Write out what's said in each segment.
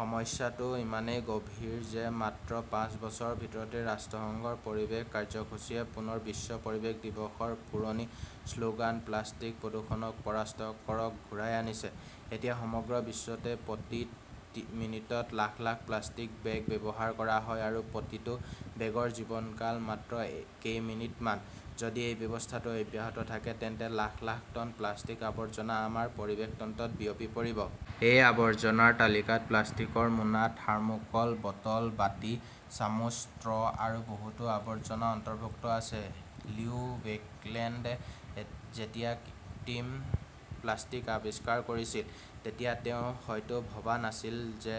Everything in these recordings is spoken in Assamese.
সমস্যাটো ইমানেই গভীৰ যে মাত্ৰ পাঁচ বছৰৰ ভিতৰতে ৰাষ্ট্ৰসংঘৰ পৰিৱেশ কাৰ্যসূচীয়ে পুনৰ বিশ্ব পৰিৱেশ দিৱসৰ পুৰণি শ্লোগান-প্লাষ্টিক‌ প্ৰদূষণক পৰাস্ত কৰক ঘূৰাই আনিছে। এতিয়া সমগ্ৰ বিশ্বতে প্ৰতি মিনিটত লাখ লাখ প্লাষ্টিক বেগ ব্যৱহাৰ কৰা হয় আৰু প্ৰতিটো বেগৰ জীৱনকাল মাত্ৰ কেই মিনিট মান, যদি এই ব্যৱস্থাটো অব্যাহত থাকে তেন্তে লাখ লাখ টন প্লাষ্টিক-আৱৰ্জনা আমাৰ পৰিৱেশ তন্ত্ৰত বিয়পি পৰিব। এই আৱৰ্জনাৰ তালিকাত প্লাষ্টিকৰ মোনা, থাৰ্মোকল, বটল, বাটি, চামুচ, ষ্ট্ৰ আৰু বহুতো আৱৰ্জনা অন্তৰ্ভুক্ত আছে। লিও বেকলেণ্ডে যেতিয়া কৃত্ৰিম প্লাষ্টিক আৱিষ্কাৰ কৰিছিল, তেতিয়া তেওঁ হয়তো ভবা নাছিল যে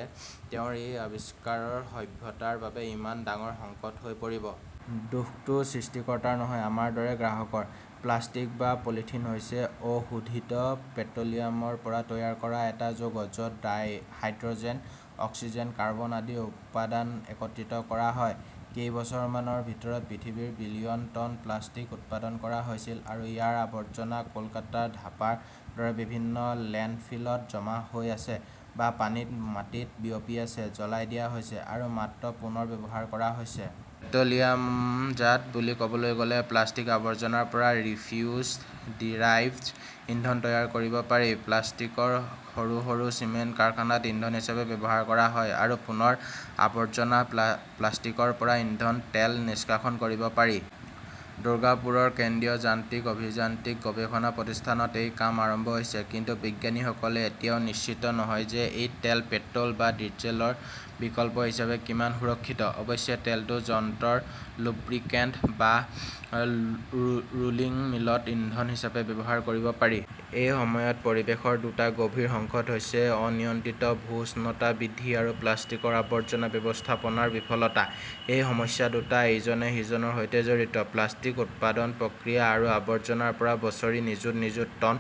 তেওঁৰ এই আৱিষ্কাৰ সভ্যতাৰ বাবে ইমান ডাঙৰ সংকট হৈ পৰিব। দোষটো সৃষ্টিকৰ্তাৰ নহয়, আমাৰ দৰে গ্ৰাহকৰ। প্লাষ্টিক বা পলিথিন হৈছে অশোধিত পেট্ৰ'লিয়ামৰ পৰা তৈয়াৰ কৰা এটা যৌগ, য'ত হাইড্ৰ'জেন, অক্সিজেন, কাৰ্বন আদি উপাদান একত্ৰিত কৰা হয়। কেইবছৰ‌মানৰ ভিতৰত পৃথিৱীত বিলিয়ন টন প্লাষ্টিক উৎপাদন কৰা হৈছিল আৰু ইয়াৰ আৱৰ্জনা কলকাতাৰ ধাপাৰ দৰে বিভিন্ন লেণ্ডফিলত জমা হৈ আছে, বা পানীত-মাটিত বিয়পি আছে; জ্বলাই দিয়া হৈছে আৰু মাত্ৰ পুনৰ ব্যৱহাৰ কৰা হৈছে। পেট্ৰ' লিয়ামজাত বুলি ক'বলৈ গলে প্লাষ্টিক-আৱৰ্জনাৰ পৰা ৰিফিউজড ডিৰাইভড ইন্ধন তৈয়াৰ কৰিব পাৰি; প্লাষ্টিকক সৰু সৰু চিমেণ্ট কাৰখানাত ইন্ধন হিচাপে ব্যৱহাৰ কৰা হয়; আৰু পুনৰ আৱৰ্জনা প্লাষ্টিকৰ পৰা ইন্ধন তেল নিষ্কাশন কৰিব পাৰি। দুৰ্গাপুৰৰ কেন্দ্ৰীয় যান্ত্ৰিক অভিযান্ত্ৰিক গৱেষণা প্ৰতিষ্ঠানত এই কাম আৰম্ভ হৈছে। কিন্তু বিজ্ঞানীসকলে এতিয়াও নিশ্চিত নহয় যে এই তেল পেট্ৰল বা ডিজেলৰ বিকল্প হিচাপে কিমান সুৰক্ষিত। অৱশ্যে, তেলটো যন্ত্ৰৰ লুব্ৰিকেণ্ট বা ৰোলিং মিলত ইন্ধন হিচাপে ব্যৱহাৰ কৰিব পাৰি। এই সময়ত পৰিৱেশৰ দুটা গভীৰ সংকট হৈছে অনিয়ন্ত্ৰিত ভূ-উষ্ণতা বৃদ্ধি আৰু প্লাষ্টিকৰ আৱৰ্জনা ব্যৱস্থাপনাৰ বিফলতা। এই সমস্যা দুটা ইজনে সিজনৰ সৈতে জড়িত। প্লাষ্টিক উৎপাদন প্ৰক্ৰিয়া আৰু আৱৰ্জনাৰ পৰা বছৰি নিযুত নিযুত টন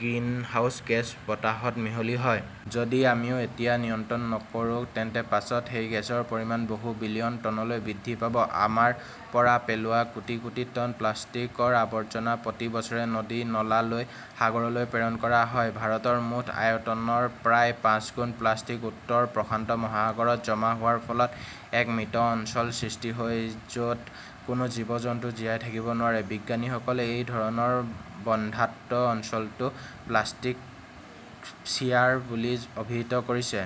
গ্ৰিনহাউজ গেছ বতাহত মিহলি হয়। যদি আমি এতিয়াও নিয়ন্ত্ৰণ নকৰো, তেন্তে পাছত সেই গেছৰ পৰিমাণ বহু বিলিয়ন টনলৈ বৃদ্ধি পাব। আমাৰ পৰা পেলোৱা কোটি কোটি টন প্লাষ্টিকৰ আৱৰ্জনা প্ৰতি বছৰে নদী-নলা হৈ সাগৰলৈ প্ৰেৰণ কৰা হয়। ভাৰতৰ মুঠ আয়তনৰ প্ৰায় পাঁচগুণ প্লাষ্টিক উত্তৰ প্ৰশান্ত মহাসাগৰত জমা হোৱাৰ ফলত এক মৃত অঞ্চল সৃষ্টি হৈছে য' ত কোনো জীৱ-জন্তু জীয়াই থাকিব নোৱাৰে। বিজ্ঞানীসকলে এই ধৰণৰ বন্ধ্যাত্ব অঞ্চলটোক প্লাষ্টিকস্ফিয়াৰ বুলি অভিহিত কৰিছে।